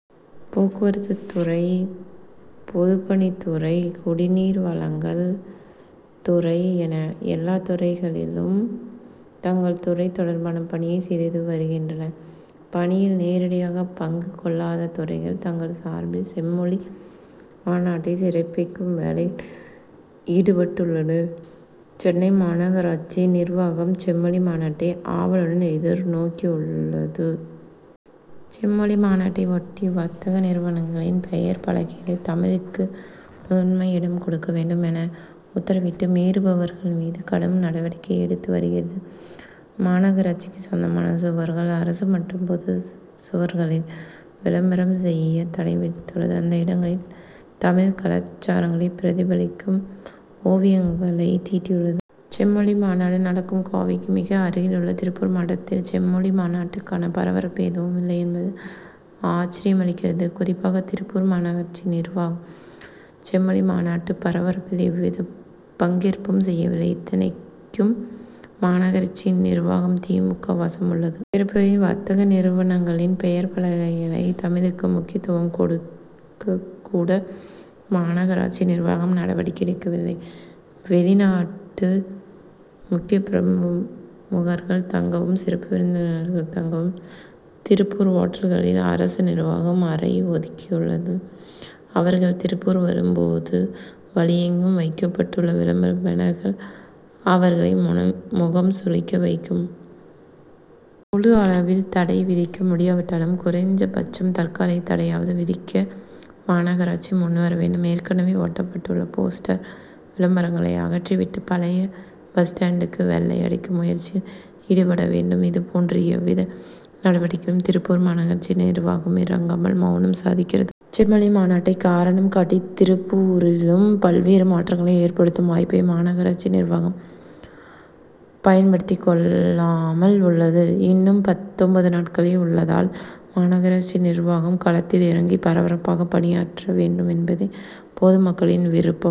போக்குவரத்துத்துறை பொதுப்பணித்துறை குடிநீர் வழங்கல் துறை என எல்லாத்துறைகளிளும் தங்கள் துறை தொடர்பான பணியை செய்து வருகின்றன. பணியில் நேரடியாக பங்கு கொள்ளாத துறைகள் தங்கள் சார்பில் செம்மொழி மாநாட்டை சிறப்பிக்கும் வேலை ஈடுபட்டுள்ளன. சென்னை மாநகராட்சி நிர்வாகம் செம் மொழி மாநாட்டை ஆவலுடன் எதிர்நோக்கியுள்ளது. செம்மொழி மாநாட்டை ஒட்டி வர்த்தக நிறுவனங்களின் பெயர்ப்பலகைகளில் தமிழுக்கு முதன்மை இடம் கொடுக்க வேண்டும் என உத்தரவிட்டு மீறுபவர்கள் மீது கடும் நடவடிக்கை எடுத்து வருகிறது. மாநகராட்சிக்கு சொந்தமான சுவர்கள் அரசு மற்றும் பொது சுவர்களில் விளம்பரம் செய்ய தடை விதித்துள்ளது. அந்த இடங்களில் தமிழ் கலாச்சாரங்களை பிரதிபலிக்கும் ஓவியங்களை தீட்டியுள்ளது. செம்மொழி மாநாடு நடக்கும் கோவைக்கு மிக அருகில் உள்ள திருப்பூர் மாவட்டத்தில் செம்மொழி மாநாட்டுக்கான பரபரப்பு எதுவும் இல்லை என்பது ஆச்சரியமளிக்கிறது. குறிப்பாக திருப்பூர் மாநகராட்சி நிர்வாகம் செம்மொழி மாநாட்டு பரபரப்பில் எவ்வித பங்கேற்பும் செய்யவில்லை. இத்தனைக்கும் மாநகராட்சி நிர்வாகம் தி. மு. க. வசம் உள்ளது. திருப்பூரில் வர்த்தக நிறுவனங்களின் பெயர்ப்பலகைகளை தமிழுக்கு முக்கியத்துவம் கொடுக்கக்கூட மாநகராட்சி நிர்வாகம் நடவடிக்கை எடுக்கவில்லை. வெளிநாட்டு முக்கியப்பிரமுகர்கள் தங்கவும் சிறப்பு விருந்தினர்கள் தங்கவும் திருப்பூர் ஓட்டல்களில் அரசு நிர்வாகம் அறை ஒதுக்கியுள்ளது. அவர்கள் திருப்பூர் வரும்போது வழியெங்கும் வைக்கப்பட்டுள்ள விளம்பர பேனர்கள் அவர்களை முகம் முகம் சுழிக்க வைக் கும். முழு அளவில் தடை விதிக்க முடியாவிட்டாலும் குறைந்தபட்சம் தற்காலிக தடையாவது விதிக்க மாநகராட்சி முன்வர வேண்டும். ஏற்கனவே ஒட்டப்பட்டுள்ள போஸ்டர் விளம்பரங்களை அகற்றி விட்டு பழைய பஸ் ஸ்டாண்டுக்கு வெள்ளை அடிக்கும் முயற்சியில் ஈடுபட வேண்டும். இதுபோன்ற எவ்வித நடவடிக்கையிலும் திருப்பூர் மாநகராட்சி நிர்வாகம் இறங்காமல் மவுனம் சாதிக்கிறது. செம்மொழி மாநாட்டை காரணம் காட்டி திருப்பூரிலும் பல்வேறு மாற்றங்களை ஏற்படுத்தும் வாய்ப்பை மாநகராட்சி நிர்வாகம் பயன்படுத்திக் கொள்ளாமல் உள்ளது. இன்னும் பத்தொன்பது நாட்களே உள்ளதால் மாநகராட்சி நிர்வாகம் களத்தில் இறங்கி பரபரப்பாக பணியாற்ற வேண்டுமென்பதே பொதுமக்களின் விருப்பம்.